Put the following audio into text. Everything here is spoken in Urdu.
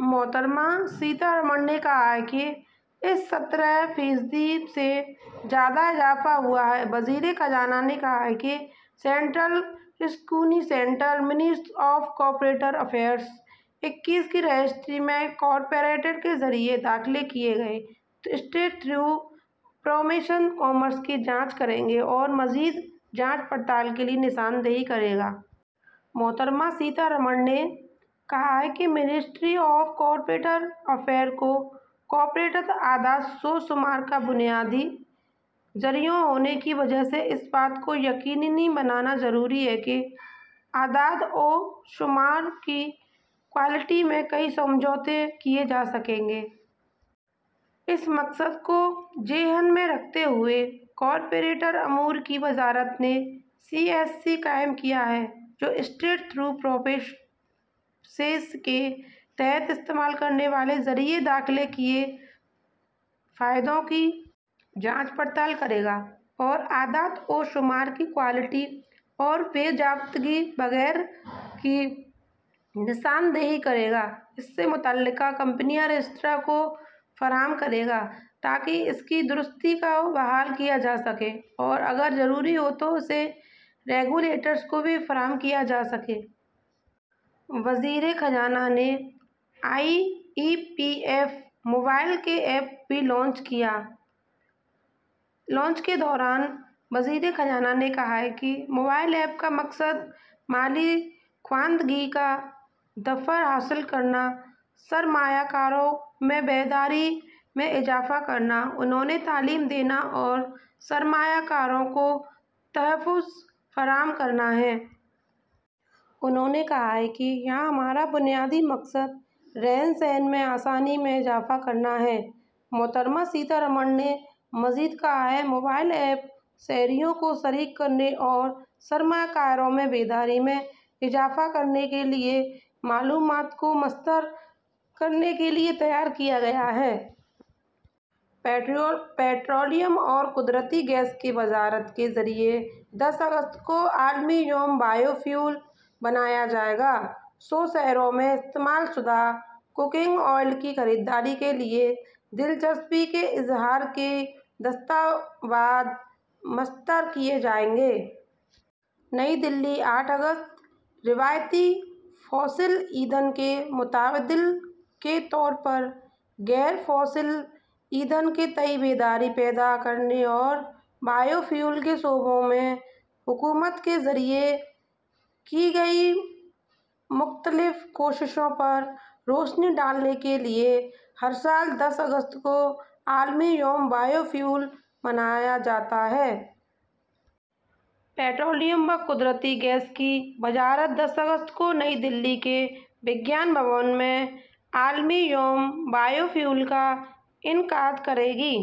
محترمہ سیتا رمن نے کہا کہ اس طرح سترہ فیصد سے زیادہ کا اضافہ ہوا ہے۔ وزیر خزانہ نے کہا کہ central scrutiny centre ministry of corporate affairs اکیس کی رجسٹری میں کارپوریٹ کے ذریعے داخل کردہ اسٹریٹ تھرو پروسیس فارمز کی جانچ کرے گا اور مزید جانچ پڑتال کے لیے نشاندہی کرے گا۔ محترمہ سیتا رمن نے کہا کہ منسٹری آف کارپوریٹ افیئرز کو کارپوریٹ اعداد و شمار کا بنیادی ذریعہ ہونے کی وجہ سے اس بات کو یقینی بنانا ضروری ہے کہ اعداد و شمار کی کوالٹی میں کوئی سمجھوتہ نہ کیا جا سکے۔ اس مقصد کو ذہن میں رکھتے ہوئے کارپوریٹ امور کی وزارت نے سی ایس سی قائم کیا ہے جو اسٹریٹ تھرو پروسیس کے تحت استعمال کرنے والوں کے ذریعے داخل کردہ فائدوں کی جانچ پڑتال کرے گا اور اعداد و شمار کی کوالٹی اور بے ضابطگی وغیرہ کی نشاندہی کرے گا اور اسے متعلقہ کمپنی رجسٹرار کو فراہم کرے گا تاکہ اس کی درستگی کو بحال کیا جا سکے اور اگر ضروری ہو تو اسے ریگولیٹروں کو فراہم کیا جا سکے۔ وزیر خزانہ نے I E P F A mobile app بھی لانچ کیا۔ لانچ کے دوران وزیر خزانہ نے کہا کہ اس موبائل ایپ کا مقصد مالی خواندگی کا ہدف حاصل کرنا سرمایہ کاروں میں بیداری میں اضافہ کرنا انہیں تعلیم دینا اور سرمایہ کاروں کو تحفظ فراہم کرنا ہے۔ انہوں نے کہا کہ یہاں ہمارا بنیادی مقصد رہن سہن میں آسانی میں اضافہ کرنا ہے۔ محترمہ سیتا رمن نے مزید کہا کہ موبائل ایپ شہریوں کو شریک کرنے اور سرمایہ کاروں میں بیداری میں اضافہ کرنے کے لیے معلومات کو مشتہر کرنے کے لیے تیار کیا گیا ہے۔ پیٹرولیم اور قدرتی گیس کی وزارت کے ذریعے دس اگست کو عالمی یوم بائیو فیول منایا جائے گا۔ سو شہروں میں استعمال شدہ کوکنگ تیل کی خریداری کے لیے دلچسپی کے اظہار کے دستاویز مشتہر کیے جائیں گے۔ نئی دہلی آٹھ اگست روایتی فوسل ایندھن کے متبادل کے طور پر غیر فوسل ایندھن کے تئیں بیداری پیدا کرنے اور بائیو فیول کے شعبے میں حکومت کے ذریعے کی گئی مختلف کوششوں پر روشنی ڈالنے کے لیے ہر سال دس اگست کو عالمی یوم بائیو فیول منایا جاتا ہے۔ پیٹرولیم و قدرتی گیس کی وزارت دس اگست کو نئی دہلی کے وگیان بھون میں عالمی یوم بائیو فیول کا انعقاد کرے گی۔